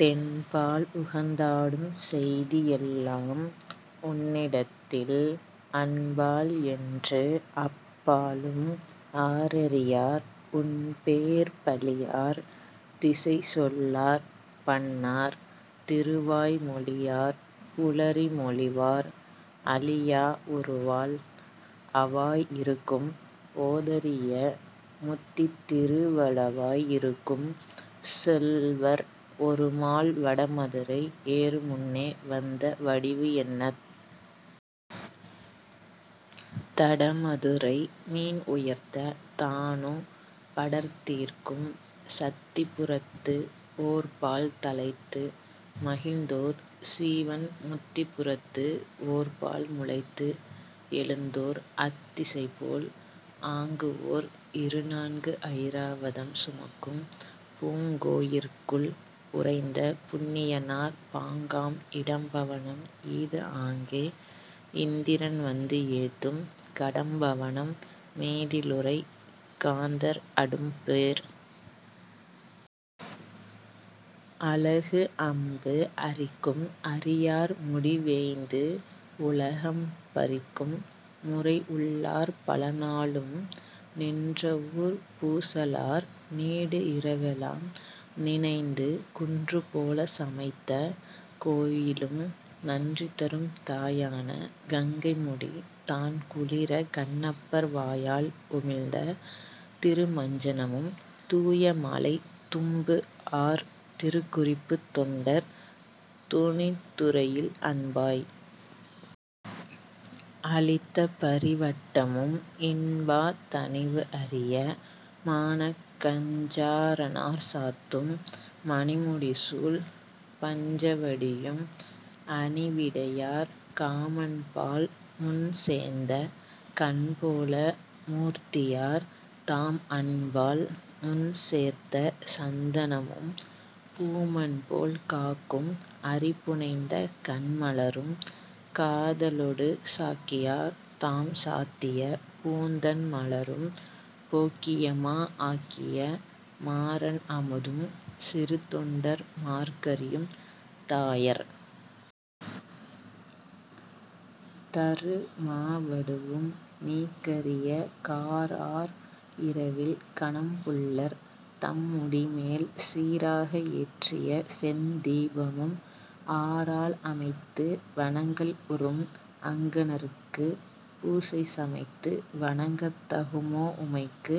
தென்பால் உகந்தாடும் செய்தி எல்லாம் உன்னிடத்தில் அன்பால் என்று அப்பாலும் ஆரறியார் உன்பேர் பழிஆர் திசைச்சொல்லார் பன்னார் திருவாய் மொழியார் குழறி மொழிவார் அழியா உருவால் அவாய் இருக்கும் ஓதரிய முத்தித் திருவலவாய் இருக்கும் செல்வர் ஒரு மால் வடமதுரை ஏறுமுன்னே வந்த வடிவு என்னத் தடமதுரை மீன்உயர்த்த தாணு படர்தீர்க்கும் சத்திபுரத்து ஓர்பால் தழைத்து மகிழ்ந்தோர் சீவன் முத்திபுரத்து ஓர்பால் முளைத்து எழுந்தோர் அத்திசைபோல் ஆங்குஓர் இருநான்கு அயிராவதம் சுமக்கும் பூங்கோயிற்குள் உறைந்த புண்ணியனார் பாங்காம் இடம் பவனம் ஈது ஆக இந்திரன் வந்து ஏத்தும் கடம்பவனம் மீதிலுறை காந்தர் அடும்பேர் அலகு அம்பு அரிக்கும் அரியார் முடிவேய்ந்து உலகம் பரிக்கும் முறைஉள்ளார் பலநாளும் நின்றவூர்ப் பூசலார் நீடு இரவெலாம் நினைந்து குன்று போலே சமைத்த கோயிலும் நன்றிதரும் தாயான கங்கைமுடி தான் குளிரக் கண்ணப்பர் வாயால் உமிழ்ந்த திருமஞ்சனமும் தூயமழைத் துன்புஆர் திருக்குறிப்புத் தொண்டர் துணித்துறையில் அன்பாய் அளித்த பரிவட்டமும் இன்பாத் தணிவுஅரிய மானக்கஞ்சாறணார் சாத்தும் மணிமுடி சூழ் பஞ்சவடியும் அணிவிடையார் காமன்பால் முன்சேந்த கண்போல மூர்த்தியார் தாம் அன்பால் முன்சேர்த்த சந்தனமும் பூமன்போல் காக்கும் அரிபுனைந்த கண்மலரும் காதலொடு சாக்கியர் தாம்சாத்திய பூந்தண்மலரும் போக்கியமா ஆக்கிய மாறன் அமுதும் சிறுத்தொண்டர் மார்க்கறியும் தாயர் தரு மாவடுவும் நீக்கரிய கார்ஆர் இரவில் கணம்புல்லர் தம்முடிமேல் சீராக ஏற்றிய செந்தீபமும் ஆரால் அமைத்து வணங்கல் உறும் அங்கணர்க்குப் பூசை சமைத்து வணங்கத் தகுமோ உமைக்கு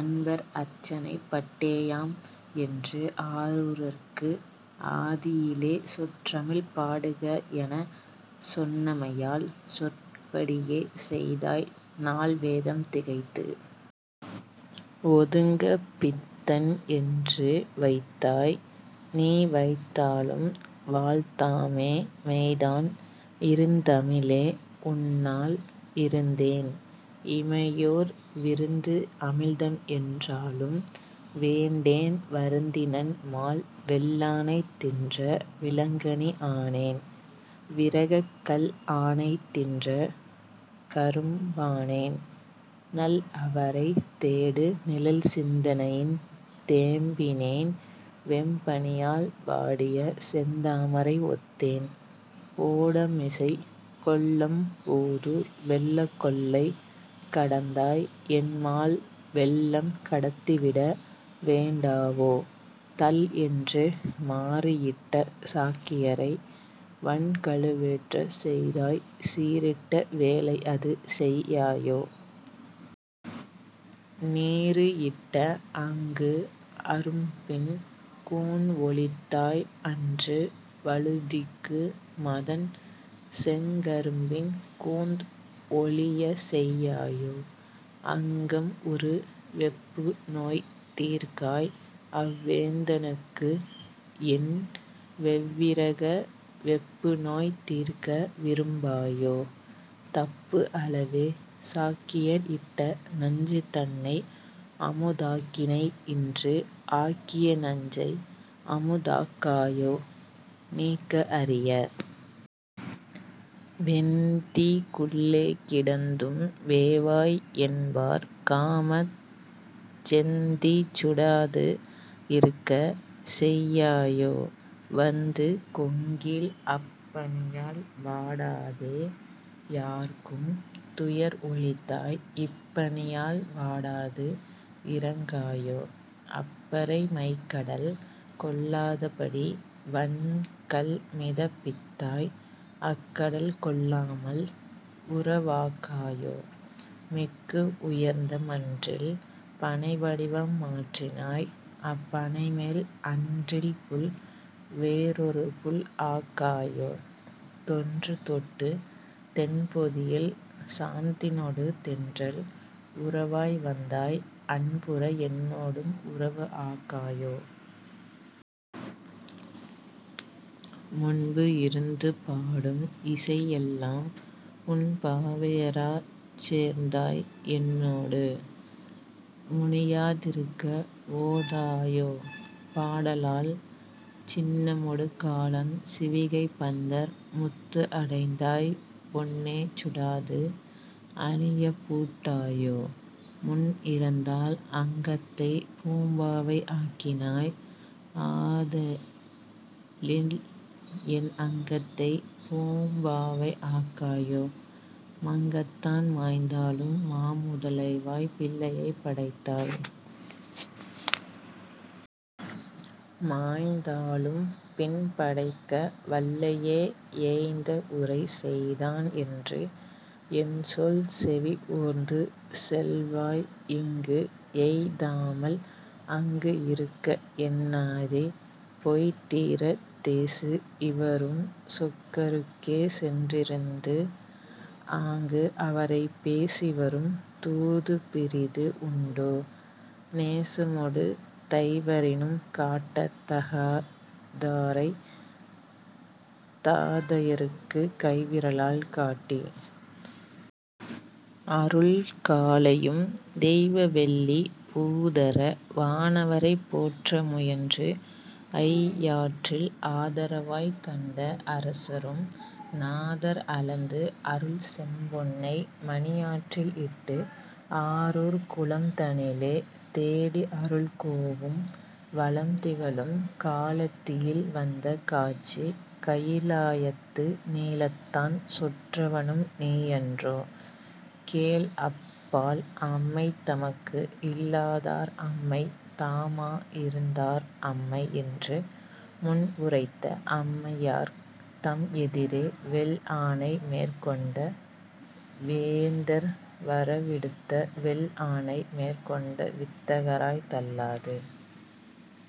அன்பர் அற்சனை பாட்டேயாம் என்று ஆரூரர்க்கு ஆதியிலே சொற்றமிழ் பாடுகஎனச் சொன்னமையால் சொற்படியே செய்தாய் நால்வேதம் திகைத்து ஒதுங்கப் பித்தன்என்று வைதாய் நீ வைதாலும் வாழ்த்தாமே மெய்தான் இருந்தமிழே உன்னால் இருந்தேன் இமையோர் விருந்து அமிழ்தம் என்றாலும் வேண்டேன் வருந்தினன் மால் வெல்லானை தின்ற விளங்கனி ஆனேன் விரகக் கல் ஆனை தின்ற கரும்பானேன் நல் அவரைத் தேடு நிழல் சிந்தனையின் தேம்பினேன் வெம்பனியால் வாடிய செந்தாமரை ஒத்தேன் ஓடம்மிசைக் கொள்ளம்பூதூர் வெள்ளக் கொள்ளை கடந்தாய் என்மால் வெள்ளம் கடத்திவிட வேண்டாவோ தள்என்று மாறுஇட்ட சாக்கியரை வன் கழுவேறச் செய்தாய் சீறிட்ட வேளை அது செய்யாயோ? நீறு இட்டே அங்குஅரும் பின் கூன் ஒழித்தாய் அன்று வழுதிக்கு மதன் செங்கரும்பின் கூந் ஒழியச்செய்யாயோ அங்கம்உறு வெப்புநோய் தீர்க்காய் அவ்வேந்தனுக்கு என்வெவ்விரக வெப்பு நோய் தீர்க்க விரும்பாயோ தப்பு அலவே சாக்கியர் இட்ட நஞ்சுதன்னை அமுதாக்கினை இன்று ஆக்கிய நஞ்சை அமுதாக்காயோ நீக்க அரிய வெந்தீக்குள்ளே கிடந்தும் வேவாய் என்பார் காமச் செந்தீச் சுடாது இருக்கச் செய்யாயோ வந்து கொங்கில் அப்பனியால் வாடாதே யார்க்கும் துயர்ஒழித்தாய் இப்பனியால் வாடாது இரங்காயோ அப்பரை மைக்கடல் கொல்லாதபடி வன்கல் மிதப் பித்தாய் அக்கடல் கொல்லாமல் உறவாக்காயோ மிக்கு உயர்ந்த மன்றில் பனைவடிவம் மாற்றினாய் அப்பனைமேல் அன்றில்புள் வேறொருபுள் ஆக்காயோ தொன்றுதொட்டுத் தென்பொதியில் சாந்தினொடு தென்றல் உறவாய் வந்தாய் அன்புற என்னோடும் உறவு ஆக்காயோ? முன்புஇருந்து பாடும் இசை எல்லாம் உன் பாவையராச் சேர்ந்தாய்என் னோடு முனியாதிருக்க ஓதாயோ பாடலால் சின்னமொடு காளம் சிவிகை பந்தர் முத்துஅடைந்தாய் பொன்னே சுடாது அணியப் பூட்டாயோ முன்இறந்தாள் அங்கத்தைப் பூம்பாவை ஆக்கினாய் ஆதலின்என் அங்கத்தைப் பூம்பாவை ஆக்காயோ மங்கத்தான் மாய்ந்தாலும் மாமுதலைவாய்ப் பிள்ளையைப் படைத்தாய் மாய்ந்தாலும் பின்படைக்க வல்லையே ஏய்ந்தஉரை செய்தான் என்று என்சொல் செவி ஓர்ந்து செல்வாய் இங்கு எய்தாமல் அங்குஇருக்க எண்ணாதே பொய்தீரத் தேசு இவரும் சொக்கருக்கே சென்றிருந்து ஆங்கு அவரைப் பேசி வரும் தூது பிறிது உண்டோ நேசமொடு தைவரினும் காட்டத் தகாதாரைத் தாதையர்க்குக் கைவிரலால் காட்டி அருள்காளையும் தெய்வவெள்ளிப் பூதர வானவரைப் போற்ற முயன்று ஐயாற்றில் ஆதரவாய்க் கன்ட அரசரும்- நாதர் அளந்து அருள் செம்பொன்னை மணியாற்றில் இட்டு ஆரூர்க் குளம் தனிலே தேடிஅருள் கோவும் வளம் திகழும் காளத்தியில் வந்த காட்சி கயிலாயத்து நீளத்தான் சொற்றவனும் நீயன்றோ கேள்அப்பால் அம்மை தமக்கு இல்லாதார் அம்மை தாமா இருந்தார் அம்மை என்று முன்உரைத்த அம்மையார்த் தம்எதிரே வெள்ஆனை மேற்கொண்ட வேந்தர் வரவிடுத்த வெள்ஆனை மேற்கொன்ட வித்தகராய்த் தள்ளாது।